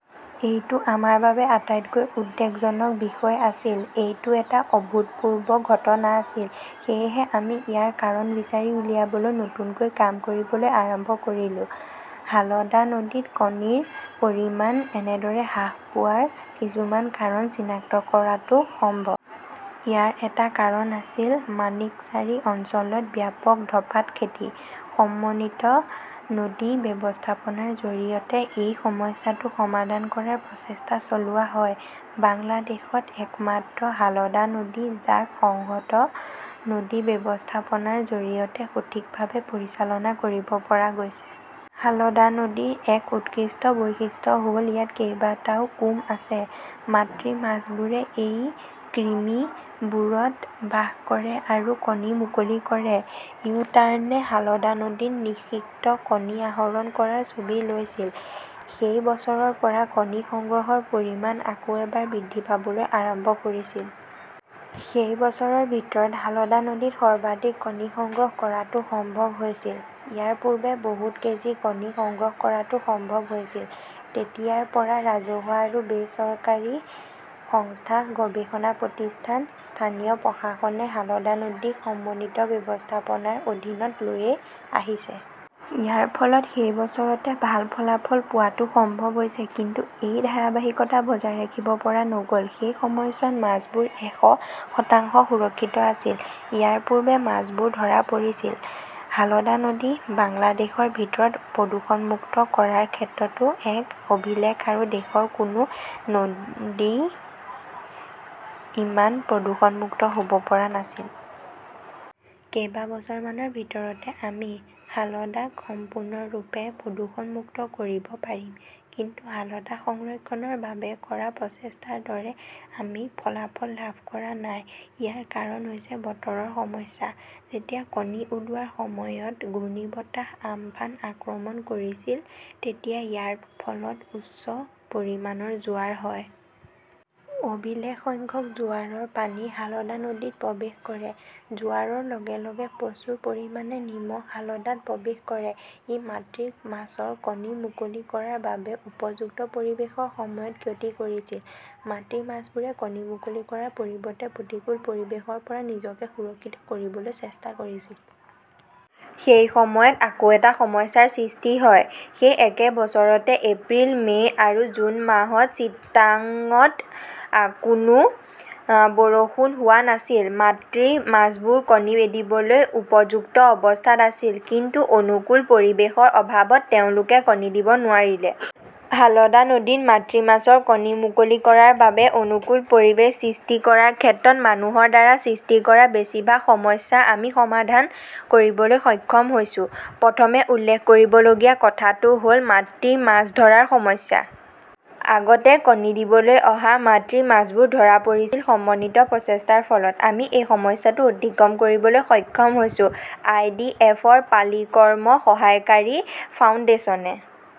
এইটো আমাৰ বাবে আটাইতকৈ উদ্বেগজনক বিষয় আছিল। এইটো এটা অভূতপূৰ্ব ঘটনা আছিল। সেয়েহে আমি ইয়াৰ কাৰণ বিচাৰি উলিয়াবলৈ নতুনকৈ কাম কৰিবলৈ আৰম্ভ কৰিলো। হালদা নদীত কণীৰ পৰিমাণ এনেদৰে হ্ৰাস হোৱাৰ কিছুমান কাৰণ চিনাক্ত কৰাটো সম্ভৱ। ইয়াৰ এটা কাৰণ আছিল মাণিকচাৰী অঞ্চলত ব্যাপক ধঁপাত খেতি। সমন্বিত নদী ব্যৱস্থাপনাৰ জৰিয়তে এই সমস্যাটো সমাধান কৰাৰ প্ৰচেষ্টা চলোৱা হয়। বাংলাদেশত একমাত্ৰ হালদা নদী, যাক সংহত নদী ব্যৱস্থাপনাৰ জৰিয়তে সঠিকভাৱে পৰিচালনা কৰিব পৰা গৈছে। হালদা নদীৰ এক উৎকৃষ্ট বৈশিষ্ট্য হ'ল ইয়াত কেইবাটাও "কুম" আছে। মাতৃ মাছবোৰে এই কৃমিবোৰত বাস কৰে আৰু কণী মুকলি কৰে।। ইউটাৰ্নে হালদা নদীত নিষিক্ত কণী আহৰণ কৰাৰ ছবি লৈছিল। সেই বছৰৰ পৰা কণী সংগ্ৰহৰ পৰিমাণ আকৌ এবাৰ বৃদ্ধি পাবলৈ আৰম্ভ কৰিছিল। সেই বছৰৰ ভিতৰত হালদা নদীত সৰ্বাধিক কণী সংগ্ৰহ কৰাটো সম্ভৱ হৈছিল। ইয়াৰ পূৰ্বে বহুত কেজি কণী সংগ্ৰহ কৰাটো সম্ভৱ হৈছিল। তেতিয়াৰ পৰা ৰাজহুৱা আৰু বেচৰকাৰী সংস্থা, গৱেষণা প্ৰতিষ্ঠান, স্থানীয় প্ৰশাসনে হালদা নদীক সমন্বিত ব্যৱস্থাপনাৰ অধীনত লৈই আহিছে। ইয়াৰ ফলত সেই বছৰতে ভাল ফলাফল পোৱাটো সম্ভৱ হৈছে কিন্তু এই ধাৰাবাহিকতা বজাই ৰাখিব পৰা নগ'ল। সেই সময়ছোৱাত মাছবোৰ এশ শতাংশ সুৰক্ষিত আছিল। ইয়াৰ পূৰ্বে মাছবোৰ ধৰা পৰিছিল। হালদা নদী বাংলাদেশৰ ভিতৰত প্ৰদূষণমুক্ত কৰাৰ ক্ষেত্ৰতো এক অভিলেখ আৰু দেশৰ কোনো নদীই ইমান প্ৰদূষণমুক্ত হ'ব পৰা নাছিল। কেইবছৰমানৰ ভিতৰতে আমি হালদাক সম্পূৰ্ণৰূপে প্ৰদূষণমুক্ত কৰিব পাৰিম। কিন্তু হালদা সংৰক্ষণৰ বাবে কৰা প্ৰচেষ্টাৰ দৰে আমি ফলাফল লাভ কৰা নাই। ইয়াৰ কাৰণ হৈছে বতৰৰ সমস্যা। যেতিয়া কণী ওলোৱাৰ সময়ত ঘূৰ্ণীবতাহ আম্ফান আক্ৰমণ কৰিছিল তেতিয়া ইয়াৰ ফলত উচ্চ পৰিমাণৰ জোৱাৰ হয়। অভিলেখ সংখ্যক জোৱাৰৰ পানী হালদা নদীত প্ৰৱেশ কৰে। জোৱাৰৰ লগে লগে প্ৰচুৰ পৰিমাণে নিমখ হালদাত প্ৰৱেশ কৰে। ই মাতৃ মাছৰ কণী মুকলি কৰাৰ বাবে উপযুক্ত পৰিৱেশৰ সময়ত ক্ষতি কৰিছিল। মাতৃ মাছবোৰে কণী মুকলি কৰাৰ পৰিৱৰ্তে প্ৰতিকূল পৰিৱেশৰ পৰা নিজকে সুৰক্ষিত কৰিবলৈ চেষ্টা কৰিছিল । সেই সময়ত আকৌ এটা নতুন সমস্যাৰ সৃষ্টি হয়। সেই একে বছৰতে এপ্ৰিল, মে 'আৰু জুন মাহত চিটাগঙত কোনো বৰষুণ হোৱা নাছিল। মাতৃ মাছবোৰ কণী দিবলৈ উপযুক্ত অৱস্থাত আছিল, কিন্তু অনুকূল পৰিৱেশৰ অভাৱত তেওঁলোকে কণী দিব নোৱাৰিলে। হালদা নদীত মাতৃ মাছৰ কণী মুকলি কৰাৰ বাবে অনুকূল পৰিৱেশ সৃষ্টি কৰাৰ ক্ষেত্ৰত মানুহৰ দ্বাৰা সৃষ্টি কৰা বেছিভাগ সমস্যা আমি সমাধান কৰিবলৈ সক্ষম হৈছো। প্ৰথমে উল্লেখ কৰিবলগীয়া কথাটো হ'ল মাতৃ মাছ ধৰাৰ সমস্যা। আগতে কণী দিবলৈ অহা মাতৃ মাছবোৰ ধৰা পৰিছিল সমন্বিত প্ৰচেষ্টাৰ ফলত । আমি এই সমস্যাটো অতিক্ৰম কৰিবলৈ সক্ষম হৈছো। আই. ডি. এফ. ৰ পালি কৰ্ম সহায়কাৰী ফাউণ্ডেচনে